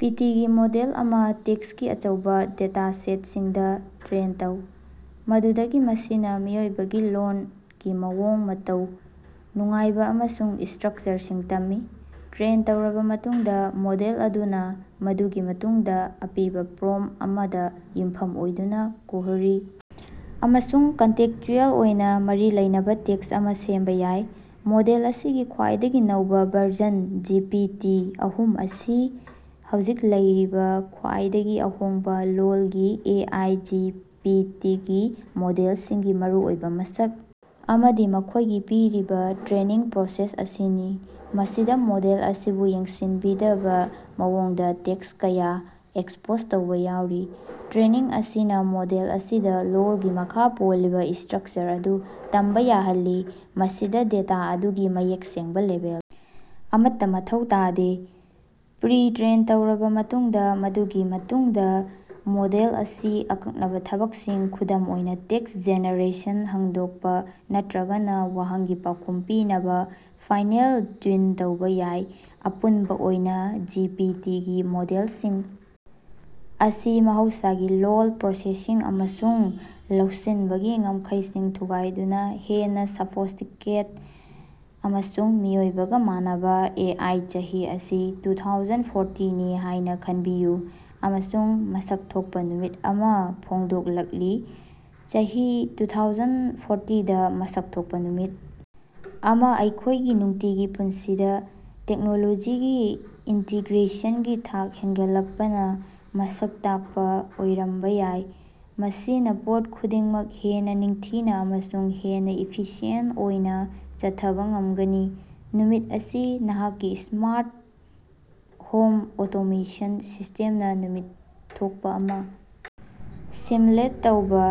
ꯄꯤ T ꯒꯤ model ꯑꯃ ꯇꯦꯛꯁꯀꯤ ꯑꯆꯧꯕ ꯗꯦꯇꯥꯁꯦꯠꯁꯤꯡꯗ ꯇ꯭ꯔꯦꯟ ꯇꯧꯏ ꯃꯗꯨꯗꯒꯤ ꯃꯁꯤꯅ ꯃꯤꯑꯣꯏꯕꯒꯤ ꯂꯣꯜꯒꯤ ꯃꯑꯣꯡ ꯃꯇꯧ ꯅꯨꯡꯉꯥꯏꯕ ꯑꯃꯁꯨꯡ ꯁꯇ꯭ꯔꯛꯆꯔꯁꯤꯡ ꯇꯝꯃꯤ꯫ ꯇ꯭ꯔꯦꯟ ꯇꯧꯔꯕ ꯃꯇꯨꯡꯗ ꯃꯣꯗꯦꯜ ꯑꯗꯨꯅ ꯃꯗꯨꯒꯤ ꯃꯇꯨꯡꯗ ꯑꯄꯤꯕ ꯄ꯭ꯔꯣꯝꯞ ꯑꯃꯗ ꯌꯨꯝꯐꯝ ꯑꯣꯏꯗꯨꯅ ꯀꯣꯍꯔꯤ ꯑꯃꯁꯨꯡ ꯀꯟꯇꯦꯛꯁꯆꯨꯑꯦꯜ ꯑꯣꯏꯅ ꯃꯔꯤ ꯂꯩꯅꯕ ꯇꯦꯛꯁ ꯑꯃ ꯁꯦꯝꯕ ꯌꯥꯏ꯫ ꯃꯣꯗꯦꯜ ꯑꯁꯤꯒꯤ ꯈ꯭ꯋꯥꯏꯗꯒꯤ ꯅꯧꯕ ꯚꯔꯖꯟ ꯖꯤ ꯄꯤ ꯇꯤ ꯑꯍꯨꯝ ꯑꯁꯤ ꯍꯧꯖꯤꯛ ꯂꯩꯔꯤꯕ ꯈ꯭ꯋꯥꯏꯗꯒꯤ ꯑꯍꯣꯡꯕ ꯂꯣꯜꯒꯤ A I G P T ꯒꯤ ꯃꯣꯗꯦꯜꯁꯤꯡꯒꯤ ꯃꯔꯨꯑꯣꯏꯕ ꯃꯁꯛ ꯑꯃꯗꯤ ꯃꯈꯣꯏꯒꯤ ꯄꯔꯤ ꯇꯔꯦꯅꯤꯡ ꯄ꯭ꯔꯣꯁꯦꯁ ꯑꯁꯤꯅꯤ ꯃꯁꯤꯗ ꯃꯣꯗꯦꯜ ꯑꯁꯤꯕꯨ ꯌꯦꯡꯁꯤꯟꯕꯤꯗꯕ ꯃꯑꯣꯡꯗ ꯇꯦꯛꯁ ꯀꯌꯥꯗ ꯑꯦꯛꯁꯄꯣꯖ ꯇꯧꯕ ꯌꯥꯎꯔꯤ꯫ ꯇꯔꯦꯅꯤꯡ ꯑꯁꯤꯅ ꯃꯣꯗꯦꯜ ꯑꯁꯤꯅ ꯂꯣꯜꯒꯤ ꯃꯈꯥ ꯄꯣꯜꯂꯤꯕ ꯁꯇꯔꯛꯆꯔ ꯑꯗꯨ ꯇꯝꯕ ꯌꯥꯍꯜꯂꯤ ꯃꯁꯤꯗ ꯗꯦꯇꯥ ꯑꯗꯨꯒꯤ ꯃꯌꯦꯛ ꯁꯦꯡꯕ ꯂꯦꯕꯦꯜ ꯑꯃꯠꯇ ꯃꯊꯧ ꯇꯥꯗꯦ꯫ ꯄꯔꯤ ꯇꯔꯦꯟ ꯇꯧꯔꯕ ꯃꯇꯨꯡꯗ ꯃꯗꯨꯒꯤ ꯃꯇꯨꯡꯗ ꯃꯣꯗꯦꯜ ꯑꯁꯤ ꯑꯀꯛꯅꯕ ꯊꯕꯛꯁꯤꯡ ꯈꯨꯗꯝ ꯑꯣꯏꯅ ꯇꯦꯛꯁ ꯖꯦꯅꯦꯔꯦꯁꯟ ꯍꯟꯗꯣꯛꯄ ꯅꯠꯇ꯭ꯔꯒ ꯋꯥꯍꯪꯒꯤ ꯄꯥꯎꯈꯨꯝ ꯄꯤꯕꯗ ꯐꯥꯏꯅꯦꯜ ꯇꯌꯨꯟ ꯇꯧꯕ ꯌꯥꯏ꯫ ꯑꯄꯨꯟꯕ ꯑꯣꯏꯅ ꯖꯤ ꯄꯤ ꯇꯤ ꯒꯤ ꯃꯣꯗꯦꯜꯁꯤꯡ ꯑꯁꯤ ꯃꯍꯧꯁꯥꯒꯤ ꯂꯣꯜ ꯄꯔꯣꯁꯦꯁꯤꯡ ꯑꯃꯁꯨꯡ ꯂꯧꯁꯤꯟꯕꯒꯤ ꯉꯝꯈꯩꯁꯤꯡ ꯊꯨꯒꯥꯏꯗꯨꯅ ꯍꯦꯟꯅ ꯁꯣꯐꯤꯁꯇꯤꯀꯦꯠ ꯑꯃꯁꯨꯡ ꯃꯤꯑꯣꯏꯕꯒ ꯃꯥꯟꯅꯕ ꯑꯦ ꯑꯥꯏ ꯆꯍꯤ ꯑꯁꯤ ꯇꯨꯊꯥꯎꯖꯟ ꯐꯣꯔꯇꯤ ꯅꯤ ꯍꯥꯏꯅ ꯈꯟꯕꯤꯌꯨ ꯑꯃꯁꯨꯡ ꯃꯁꯛ ꯊꯣꯛꯄ ꯅꯨꯃꯤꯠ ꯑꯃ ꯐꯣꯡꯗꯣꯛꯂꯛꯂꯤ꯫ꯆꯍꯤ ꯇꯨꯊꯥꯎꯖꯟ ꯐꯣꯔꯇꯤꯗ ꯃꯁꯛ ꯊꯣꯛꯄ ꯅꯨꯃꯤꯠ ꯑꯃ ꯑꯩꯈꯣꯏꯒꯤ ꯅꯨꯡꯇꯤꯒꯤ ꯄꯨꯟꯁꯤꯗ ꯇꯦꯛꯅꯣꯂꯣꯖꯤꯒꯤ ꯏꯟꯇꯤꯒꯔꯦꯁꯟꯒꯤ ꯊꯥꯛ ꯍꯦꯟꯒꯠꯂꯛꯄꯅ ꯃꯁꯛ ꯇꯥꯛꯄ ꯑꯣꯏꯔꯝꯕ ꯌꯥꯏ ꯃꯁꯤꯅ ꯄꯣꯠ ꯈꯨꯗꯤꯡꯃꯛ ꯍꯦꯟꯅ ꯅꯤꯡꯊꯤꯅ ꯑꯃꯁꯨꯡ ꯍꯦꯟꯅ ꯏꯐꯤꯁꯤꯌꯦꯟ ꯑꯣꯏꯅ ꯆꯠꯊꯕ ꯉꯝꯒꯅꯤ꯫ ꯅꯨꯃꯤꯠ ꯑꯁꯤ ꯅꯍꯥꯛꯀꯤ ꯁꯃꯥꯔꯠ ꯍꯣꯝ ꯑꯣꯇꯣꯃꯦꯁꯟ ꯁꯤꯁꯇꯦꯝꯅ ꯅꯨꯃꯤꯠ ꯊꯣꯛꯄ ꯑꯃ ꯁꯤꯝꯂꯦꯠ ꯇꯧꯕ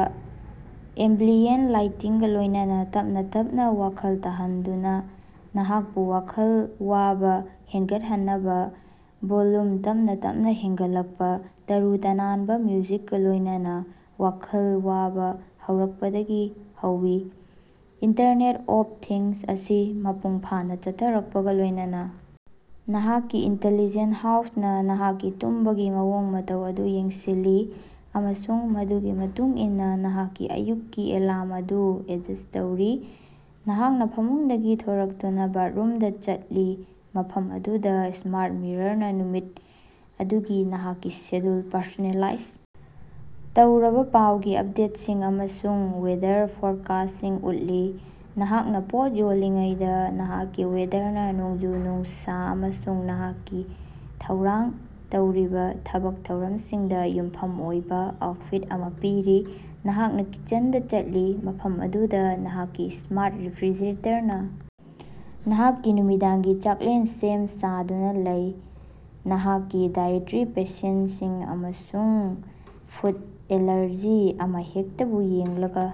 ꯑꯦꯝꯕꯤꯑꯦꯟ ꯂꯥꯏꯇꯤꯡꯒ ꯂꯣꯏꯅꯅ ꯇꯞꯅ ꯇꯞꯅ ꯋꯥꯈꯜ ꯇꯥꯍꯟꯗꯨꯅ ꯅꯍꯥꯛꯄꯨ ꯋꯥꯈꯜ ꯋꯥꯕ ꯍꯦꯟꯒꯠꯍꯟꯅꯕ ꯚꯣꯜꯌꯨꯝ ꯇꯞꯅ ꯇꯞꯅ ꯍꯦꯟꯒꯠꯂꯛꯄ ꯇꯔꯨ ꯇꯅꯥꯟꯕ ꯃꯤꯌꯨꯖꯤꯛꯀꯥ ꯂꯣꯏꯅꯅ ꯋꯥꯈꯜ ꯋꯥꯕ ꯍꯧꯔꯛꯄꯗꯒꯤ ꯍꯧꯏ꯫ ꯏꯟꯇꯔꯅꯦꯠ ꯑꯣꯐ ꯊꯤꯡꯁ ꯑꯁꯤ ꯃꯄꯨꯡ ꯐꯥꯅ ꯆꯠꯊꯔꯛꯄꯒ ꯂꯣꯏꯅꯅ ꯅꯍꯥꯛꯀꯤ ꯏꯟꯇꯦꯂꯤꯖꯦꯟ ꯍꯥꯎꯁꯅ ꯅꯍꯥꯛꯀꯤ ꯇꯨꯝꯕꯒꯤ ꯃꯑꯣꯡ ꯃꯇꯧ ꯑꯗꯨ ꯌꯦꯡꯁꯤꯜꯂꯤ ꯑꯃꯁꯨꯡ ꯃꯗꯨꯒꯤ ꯃꯇꯨꯡ ꯏꯟꯅ ꯅꯍꯥꯛꯀꯤ ꯑꯌꯨꯛꯀꯤ ꯑꯦꯂꯥꯝ ꯑꯗꯨ ꯑꯦꯠꯖꯁ ꯇꯧꯔꯤ꯫ ꯅꯍꯥꯛꯅ ꯐꯃꯨꯡꯗꯒꯤ ꯊꯣꯔꯛꯇꯨꯅ ꯕꯥꯠꯔꯨꯝꯗ ꯆꯠꯂꯤ ꯃꯐꯝ ꯑꯗꯨꯗ ꯁꯃꯥꯔꯠ ꯃꯤꯔꯅ ꯅꯨꯃꯤꯠ ꯑꯗꯨꯒꯤ ꯅꯍꯥꯛꯀꯤ ꯁꯦꯗꯨꯜ ꯄꯔꯁꯣꯅꯦꯂꯥꯏꯖ ꯇꯧꯔꯕ ꯄꯥꯎꯒꯤ ꯑꯞꯗꯦꯠꯁꯤꯡ ꯑꯃꯁꯨꯡ ꯋꯦꯗꯔ ꯐꯣꯔꯀꯥꯁꯁꯤꯡ ꯎꯠꯂꯤ꯫ ꯅꯍꯥꯛꯅ ꯄꯣꯠ ꯌꯣꯜꯂꯤꯉꯩꯗ ꯅꯍꯥꯛꯀꯤ ꯋꯦꯗꯔꯅ ꯅꯣꯡꯖꯨ ꯅꯨꯡꯁꯥ ꯑꯃꯁꯨꯡ ꯅꯍꯥꯛꯅ ꯊꯧꯔꯥꯡ ꯇꯧꯔꯤꯕ ꯊꯕꯛ ꯊꯧꯔꯝꯁꯤꯡꯗ ꯌꯨꯝꯐꯝ ꯑꯣꯏꯕ ꯑꯥꯎꯠꯐꯤꯠ ꯑꯃ ꯄꯤꯔꯤ꯫ ꯅꯍꯥꯛꯅ ꯀꯤꯆꯟꯗ ꯆꯠꯂꯤ ꯃꯐꯝ ꯑꯗꯨꯗ ꯅꯍꯥꯛꯀꯤ ꯁꯃꯥꯔꯠ ꯔꯦꯐ꯭ꯔꯤꯖꯔꯦꯇꯔꯅ ꯅꯍꯥꯛꯀꯤ ꯅꯨꯃꯤꯗꯥꯡꯒꯤ ꯆꯥꯛꯂꯦꯟ ꯁꯦꯝ ꯁꯥꯗꯨꯅ ꯂꯩ ꯅꯍꯥꯛꯀꯤ ꯗꯥꯏꯑꯦꯇꯔꯤ ꯄꯁꯟꯁꯤꯡ ꯑꯃꯁꯨꯡ ꯐꯨꯗ ꯑꯦꯂꯥꯔꯖꯤ ꯑꯃꯍꯦꯛꯇꯕꯨ ꯌꯦꯡꯂꯒ꯫